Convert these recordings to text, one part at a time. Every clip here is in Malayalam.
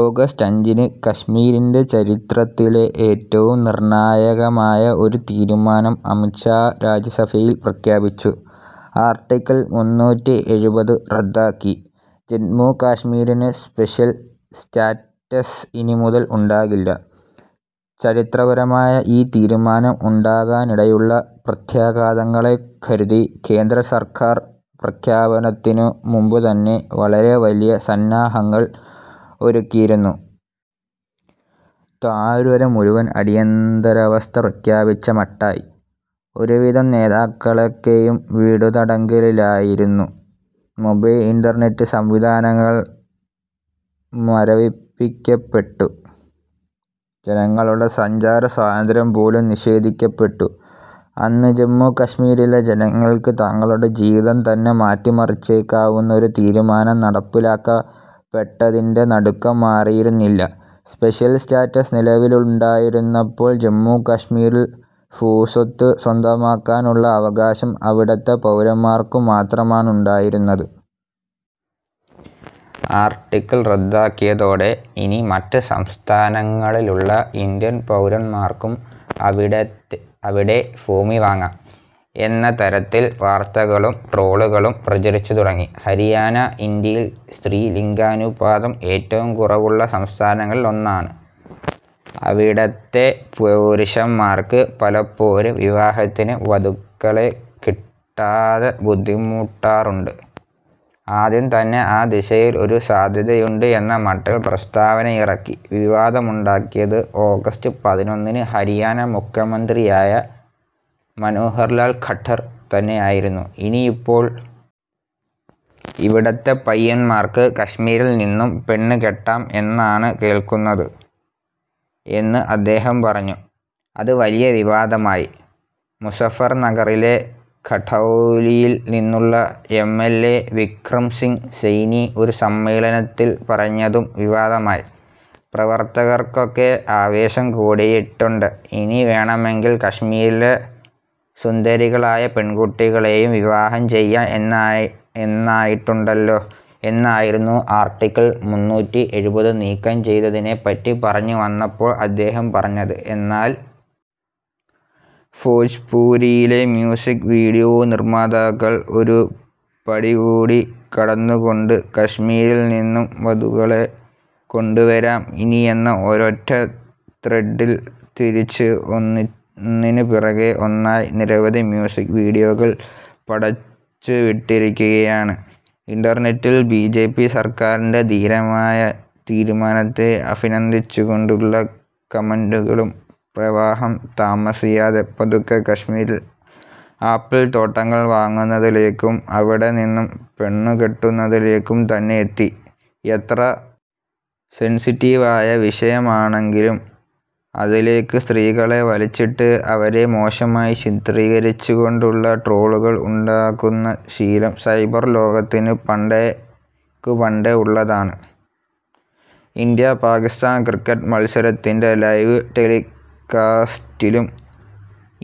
ഓഗസ്റ്റ് അഞ്ചിന് കശ്മീരിൻ്റെ ചരിത്രത്തിലെ ഏറ്റവും നിർണായകമായ ഒരു തീരുമാനം അമിത് ഷാ രാജ്യസഭയിൽ പ്രഖ്യാപിച്ചു. ആർട്ടിക്കിൾ മുന്നൂറ്റി എഴുപത് റദ്ദാക്കി. ജമ്മു കശ്മീരിന് സ്പെഷ്യൽ സ്റ്റാറ്റസ് ഇനി മുതൽ ഉണ്ടാകില്ല. ചരിത്രപരമായ ഈ തീരുമാനം ഉണ്ടാകാനിടയുള്ള പ്രത്യാഘാതങ്ങളെക്കരുതി കേന്ദ്ര സർക്കാർ പ്രഖ്യാപനത്തിനു മുമ്പുതന്നെ വളരെ വലിയ സന്നാഹങ്ങൾ ഒരുക്കിയിരുന്നു. താഴ്വര മുഴുവൻ അടിയന്തരാവസ്ഥ പ്രഖ്യാപിച്ച മട്ടായി. ഒരു വിധം നേതാക്കളൊക്കെയും വീട്ടുതടങ്കലിലായിരുന്നു. മൊബൈൽ ഇന്റർനെറ്റ് സംവിധാനങ്ങൾ മരവിപ്പിക്കപ്പെട്ടു. ജനങ്ങളുടെ സഞ്ചാര സ്വാതന്ത്ര്യം പോലും നിഷേധിക്കപ്പെട്ടു. അന്ന് ജമ്മു കശ്മീരിലെ ജനങ്ങൾക്ക് തങ്ങളുടെ ജീവിതം തന്നെ മാറ്റിമറിച്ചേക്കാവുന്ന ഒരു തീരുമാനം നടപ്പിലാക്കപ്പെട്ടതിൻ്റെ നടുക്കം മാറിയിരുന്നില്ല. സ്പെഷ്യൽ സ്റ്റാറ്റസ് നിലവിലുണ്ടായിരുന്നപ്പോൾ ജമ്മു കശ്മീരിൽ ഭൂസ്വത്ത് സ്വന്തമാക്കാനുള്ള അവകാശം അവിടത്തെ പൗരന്മാർക്കുമാത്രമാണ് ഉണ്ടായിരുന്നത്. ആർട്ടിക്കിൾ റദ്ദാക്കിയതോടെ ഇനി മറ്റ് സംസ്ഥാനങ്ങളിലുള്ള ഇന്ത്യൻ പൗരന്മാർക്കും അവിടെ അവിടെ ഭൂമി വാങ്ങാം എന്ന തരത്തിൽ വാർത്തകളും ട്രോളുകളും പ്രചരിച്ചുതുടങ്ങി. ഹരിയാന ഇന്ത്യയിൽ സ്ത്രീ ലിംഗാനുപാതം ഏറ്റവും കുറവുള്ള സംസ്ഥാനങ്ങളിൽ ഒന്നാണ്. അവിടത്തെ പുരുഷന്മാർക്ക് പലപ്പോഴും വിവാഹത്തിന് വധുക്കളെ കിട്ടാതെ ബുദ്ധിമുട്ടാറുണ്ട്. ആദ്യം തന്നെ ആ ദിശയിൽ ഒരു സാധ്യതയുണ്ട് എന്ന മട്ടിൽ പ്രസ്താവനയിറക്കി വിവാദമുണ്ടാക്കിയത് ഓഗസ്റ്റ് പതിനൊന്നിന് ഹരിയാന മുഖ്യമന്ത്രിയായ മനോഹർ ലാൽ ഖട്ടർ തന്നെയായിരുന്നു. ഇനിയിപ്പോൾ ഇവിടത്തെ പയ്യന്മാർക്ക് കശ്മീരിൽനിന്നും പെണ്ണുകെട്ടാം എന്നാണ് കേൾക്കുന്നത് എന്ന് അദ്ദേഹം പറഞ്ഞു. അത് വലിയ വിവാദമായി. മുസഫർനഗറിലെ ഖടൗലിയിൽ നിന്നുള്ള എംഎൽഎ വിക്രം സിംഗ് സെയ്നി ഒരു സമ്മേളനത്തിൽ പറഞ്ഞതും വിവാദമായി. പ്രവർത്തകർക്കൊക്കെ ആവേശം കൂടിയിട്ടുണ്ട്. ഇനി വേണമെങ്കിൽ കശ്മീരിലെ സുന്ദരികളായ പെൺകുട്ടികളെയും വിവാഹം ചെയ്യാം എന്നായിട്ടുണ്ടല്ലോ എന്നായിരുന്നു ആർട്ടിക്കിൾ മുന്നൂറ്റി എഴുപത് നീക്കം ചെയ്തതിനെപ്പറ്റി പറഞ്ഞുവന്നപ്പോൾ അദ്ദേഹം പറഞ്ഞത്. എന്നാൽ ഭോജ്പുരിയിലെ മ്യൂസിക് വീഡിയോ നിർമാതാക്കൾ ഒരു പടികൂടി കടന്നുകൊണ്ട് കശ്മീരിൽനിന്നും വധുക്കളെ കൊണ്ടുവരാം ഇനി എന്ന ഒരൊറ്റ ത്രെഡിൽ പിടിച്ച് ഒന്നിനുപിറകെ ഒന്നായി നിരവധി മ്യൂസിക് വീഡിയോകൾ പടച്ചുവിട്ടിരിക്കുകയാണ്. ഇന്റർനെറ്റിൽ ബിജെപി സർക്കാരിൻ്റെ ധീരമായ തീരുമാനത്തെ അഭിനന്ദിച്ചുകൊണ്ടുള്ള കമന്റുകളുടെ പ്രവാഹം താമസിയാതെ പതുക്കെ കശ്മീരിൽ ആപ്പിൾ തോട്ടങ്ങൾ വാങ്ങുന്നതിലേക്കും അവിടെനിന്നും പെണ്ണുകെട്ടുന്നതിലേക്കും തന്നെ എത്തി.എത്ര സെൻസിറ്റീവായ വിഷയമാണെങ്കിലും അതിലേക്ക് സ്ത്രീകളെ വലിച്ചിട്ട് അവരെ മോശമായി ചിത്രീകരിച്ചുകൊണ്ടുള്ള ട്രോളുകൾ ഉണ്ടാക്കുന്ന ശീലം സൈബർ ലോകത്തിന് പണ്ടേക്കുപണ്ടേ ഉള്ളതാണ്. ഇന്ത്യ പാകിസ്ഥാൻ ക്രിക്കറ്റ് മത്സരത്തിൻ്റെ ലൈവ് ടെലികാസ്റ്റിലും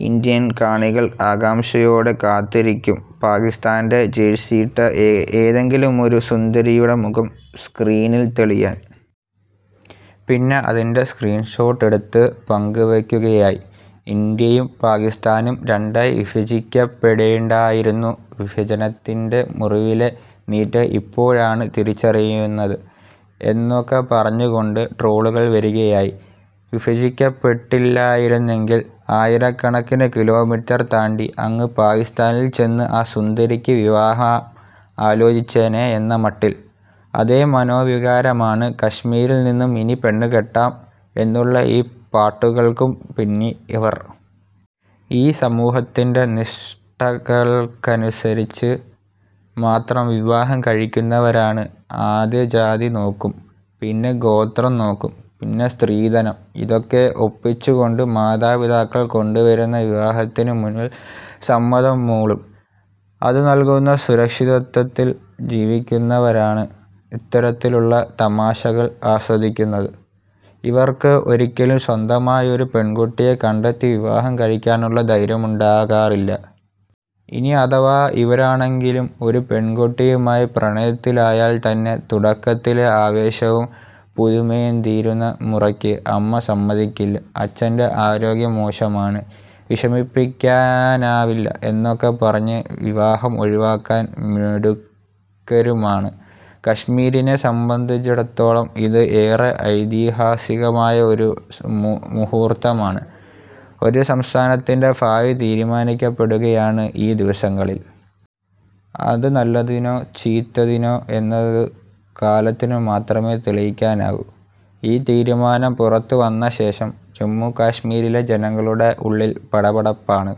ഇന്ത്യൻ കാണികൾ ആകാംക്ഷയോടെ കാത്തിരിക്കും പാകിസ്ഥാൻ്റെ ജേഴ്സിയിട്ട ഏതെങ്കിലും ഒരു സുന്ദരിയുടെ മുഖം സ്ക്രീനിൽ തെളിയാൻ. പിന്നെ അതിൻ്റെ സ്ക്രീൻഷോട്ടെടുത്ത് പങ്കുവെക്കുകയായി. ഇന്ത്യയും പാകിസ്ഥാനും രണ്ടായി വിഭജിക്കപ്പെടേണ്ടായിരുന്നു. വിഭജനത്തിൻ്റെ മുറിവിലെ നീറ്റൽ ഇപ്പോഴാണ് തിരിച്ചറിയുന്നത് എന്നൊക്കെ പറഞ്ഞുകൊണ്ട് ട്രോളുകൾ വരികയായി. വിഭജിക്കപ്പെട്ടില്ലായിരുന്നെങ്കിൽ ആയിരക്കണക്കിന് കിലോമീറ്റർ താണ്ടി അങ്ങ് പാകിസ്ഥാനിൽ ചെന്ന് ആ സുന്ദരിക്ക് വിവാഹം ആലോചിച്ചേനെ എന്ന മട്ടിൽ. അതേ മനോവികാരമാണ് കശ്മീരിൽനിന്നും ഇനി പെണ്ണുകെട്ടാം എന്നുള്ള ഈ പാട്ടുകൾക്കും പിന്നിൽ. ഇവർ ഈ സമൂഹത്തിൻ്റെ നിഷ്ഠകൾക്കനുസരിച്ച് മാത്രം വിവാഹം കഴിക്കുന്നവരാണ്. ആദ്യം ജാതി നോക്കും, പിന്നെ ഗോത്രം നോക്കും, പിന്നെ സ്ത്രീധനം. ഇതൊക്കെ ഒപ്പിച്ചുകൊണ്ട് മാതാപിതാക്കൾ കൊണ്ടുവരുന്ന വിവാഹത്തിനുമുന്നിൽ സമ്മതം മൂളും. അത് നൽകുന്ന സുരക്ഷിതത്വത്തിൽ ജീവിക്കുന്നവരാണ് ഇത്തരത്തിലുള്ള തമാശകൾ ആസ്വദിക്കുന്നത്. ഇവർക്ക് ഒരിക്കലും സ്വന്തമായി ഒരു പെൺകുട്ടിയെ കണ്ടെത്തി വിവാഹം കഴിക്കാനുള്ള ധൈര്യമുണ്ടാകാറില്ല. ഇനി അഥവാ ഇവരാരെങ്കിലും ഒരു പെൺകുട്ടിയുമായി പ്രണയത്തിലായാൽ തന്നെ, തുടക്കത്തിലെ ആവേശവും പുതുമയും തീരുന്ന മുറയ്ക്ക് അമ്മ സമ്മതിക്കില്ല, അച്ഛൻ്റെ ആരോഗ്യം മോശമാണ്, വിഷമിപ്പിക്കാനാവില്ല എന്നൊക്കെ പറഞ്ഞ് വിവാഹം ഒഴിവാക്കാൻ മിടുക്കരുമാണ്. കശ്മീരിനെ സംബന്ധിച്ചിടത്തോളം ഇത് ഏറെ ഐതിഹാസികമായ ഒരു മുഹൂർത്തമാണ്. ഒരു സംസ്ഥാനത്തിൻ്റെ ഭാവി തീരുമാനിക്കപ്പെടുകയാണ് ഈ ദിവസങ്ങളിൽ. അത് നല്ലതിനോ ചീത്തതിനോ എന്നത് കാലത്തിനു മാത്രമേ തെളിയിക്കാനാവൂ. ഈ തീരുമാനം പുറത്തുവന്നശേഷം ജമ്മു കശ്മീരിലെ ജനങ്ങളുടെ ഉള്ളിൽ പടപടപ്പാണ്.